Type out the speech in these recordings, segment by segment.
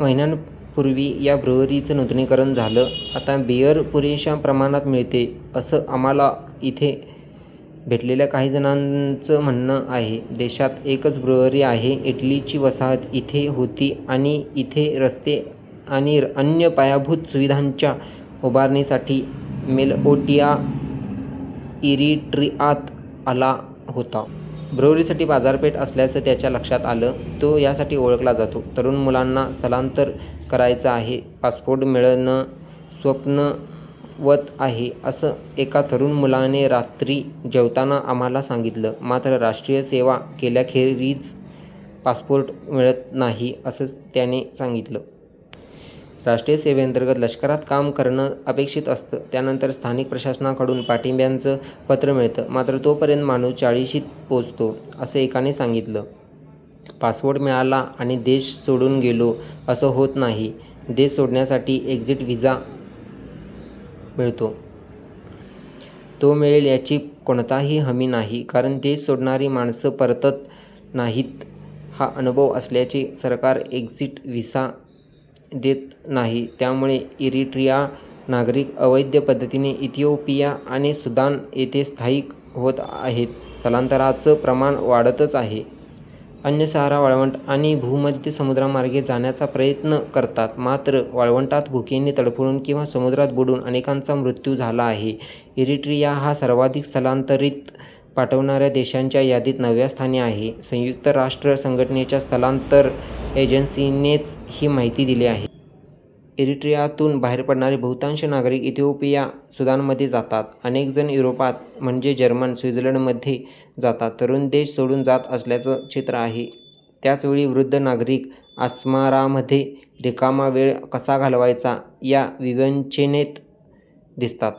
महिन्यांपूर्वी या ब्रुअरीचं नूतनीकरण झालं. आता बीअर पुरेशा प्रमाणात मिळते, असं आम्हाला इथे भेटलेल्या काही जणांचं म्हणणं आहे. देशात एकच ब्रुअरी आहे. इटलीची वसाहत इथे होती आणि इथे रस्ते आणि अन्य पायाभूत सुविधांच्या उभारणीसाठी मेलओटिआ इरिट्रिआत आला होता. ब्रुअरीसाठी बाजारपेठ असल्याचं त्याच्या लक्षात आलं. तो यासाठीच ओळखला जातो. तरुण मुलांना स्थलांतर करायचं आहे पासपोर्ट मिळणं स्वप्नवत आहे, असं एका तरुण मुलाने रात्री जेवताना आम्हाला सांगितलं. मात्र राष्ट्रीय सेवा केल्याखेरीज पासपोर्ट मिळत नाही, असं त्याने सांगितलं. राष्ट्रीय सेवेअंतर्गत लष्करात काम करणं अपेक्षित असतं. त्यानंतर स्थानिक प्रशासनाकडून पाठिंब्याचं पत्र मिळतं. मात्र तोपर्यंत माणूस चाळिशीत पोहोचतो, असं एकाने सांगितलं. पासपोर्ट मिळाला आणि देश सोडून गेलो, असं होत नाही. देश सोडण्यासाठी एक्झिट व्हिसा मिळतो. तो मिळेल याची कोणताही हमी नाही. कारण देश सोडणारी माणसं परतत नाहीत, हा अनुभव असल्याने सरकार एक्झिट व्हिसा देत नाही. त्यामुळे इरिट्रिआ नागरिक अवैध पद्धतीने इथिओपिया आणि सुदान येथे स्थायिक होत आहेत. स्थलांतराचं प्रमाण वाढतच आहे. अन्य सहारा वाळवंट आणि भूमध्य समुद्रमार्गे जाण्याचा प्रयत्न करतात मात्र वाळवंटात भूकेने तडफडून किंवा समुद्रात बुडून अनेकांचा मृत्यू झाला आहे. इरिट्रिआ हा सर्वाधिक स्थलांतरित पाठवणाऱ्या देशांच्या यादीत नवव्या स्थानी आहे. संयुक्त राष्ट्र संघटनेच्या स्थलांतर एजन्सीनेच ही माहिती दिली आहे. इरिट्रिआतून बाहेर पडणारे बहुतांश नागरिक इथिओपिया, सुदान मध्ये जातात. अनेकजण युरोपात म्हणजे जर्मनी, स्वित्झर्लंडमध्ये जातात. तरुण देश सोडून जात असल्याचं चित्र आहे, त्याचवेळी वृद्ध नागरिक अस्मारामध्ये रिकामा वेळ कसा घालवायचा या विवंचनेत दिसतात.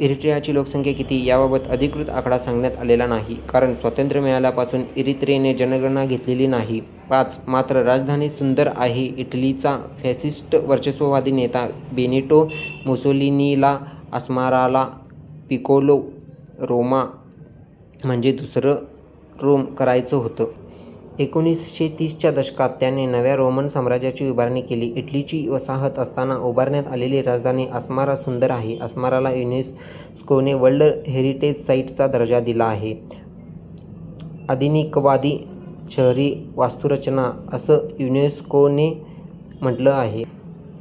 इरिट्रिआची लोकसंख्या किती, याबाबत अधिकृत आकडा सांगण्यात आलेला नाही. कारण स्वातंत्र्य मिळाल्यापासून इरित्रेने जनगणना घेतलेली नाही. पाच. मात्र राजधानी सुंदर आहे इटलीचा फॅसिस्ट वर्चस्ववादी नेता बेनिटो मुसोलिनीला अस्माराला पिकोलो रोमा म्हणजे दुसरं रोम करायचं होतं. एकोणीसशे तीस च्या दशकात त्याने नव्या रोमन साम्राज्याची उभारणी केली. इटलीची वसाहत असताना उभारण्यात आलेली राजधानी अस्मारा सुंदर आहे. अस्माराला युनेस्कोने वर्ल्ड हेरिटेज साईटचा दर्जा दिला आहे. आधुनिकवादी शहरी वास्तूरचना असं युनेस्कोने म्हटलं आहे.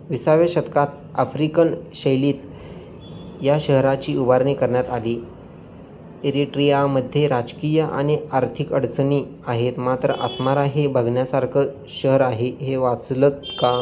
विसाव्या शतकात आफ्रिकन शैलीत या शहराची उभारणी करण्यात आली. इरिट्रिआमध्ये राजकीय आणि आर्थिक अडचणी आहेत मात्र अस्मारा हे बघण्यासारखं शहर आहे. हे वाचलंत का?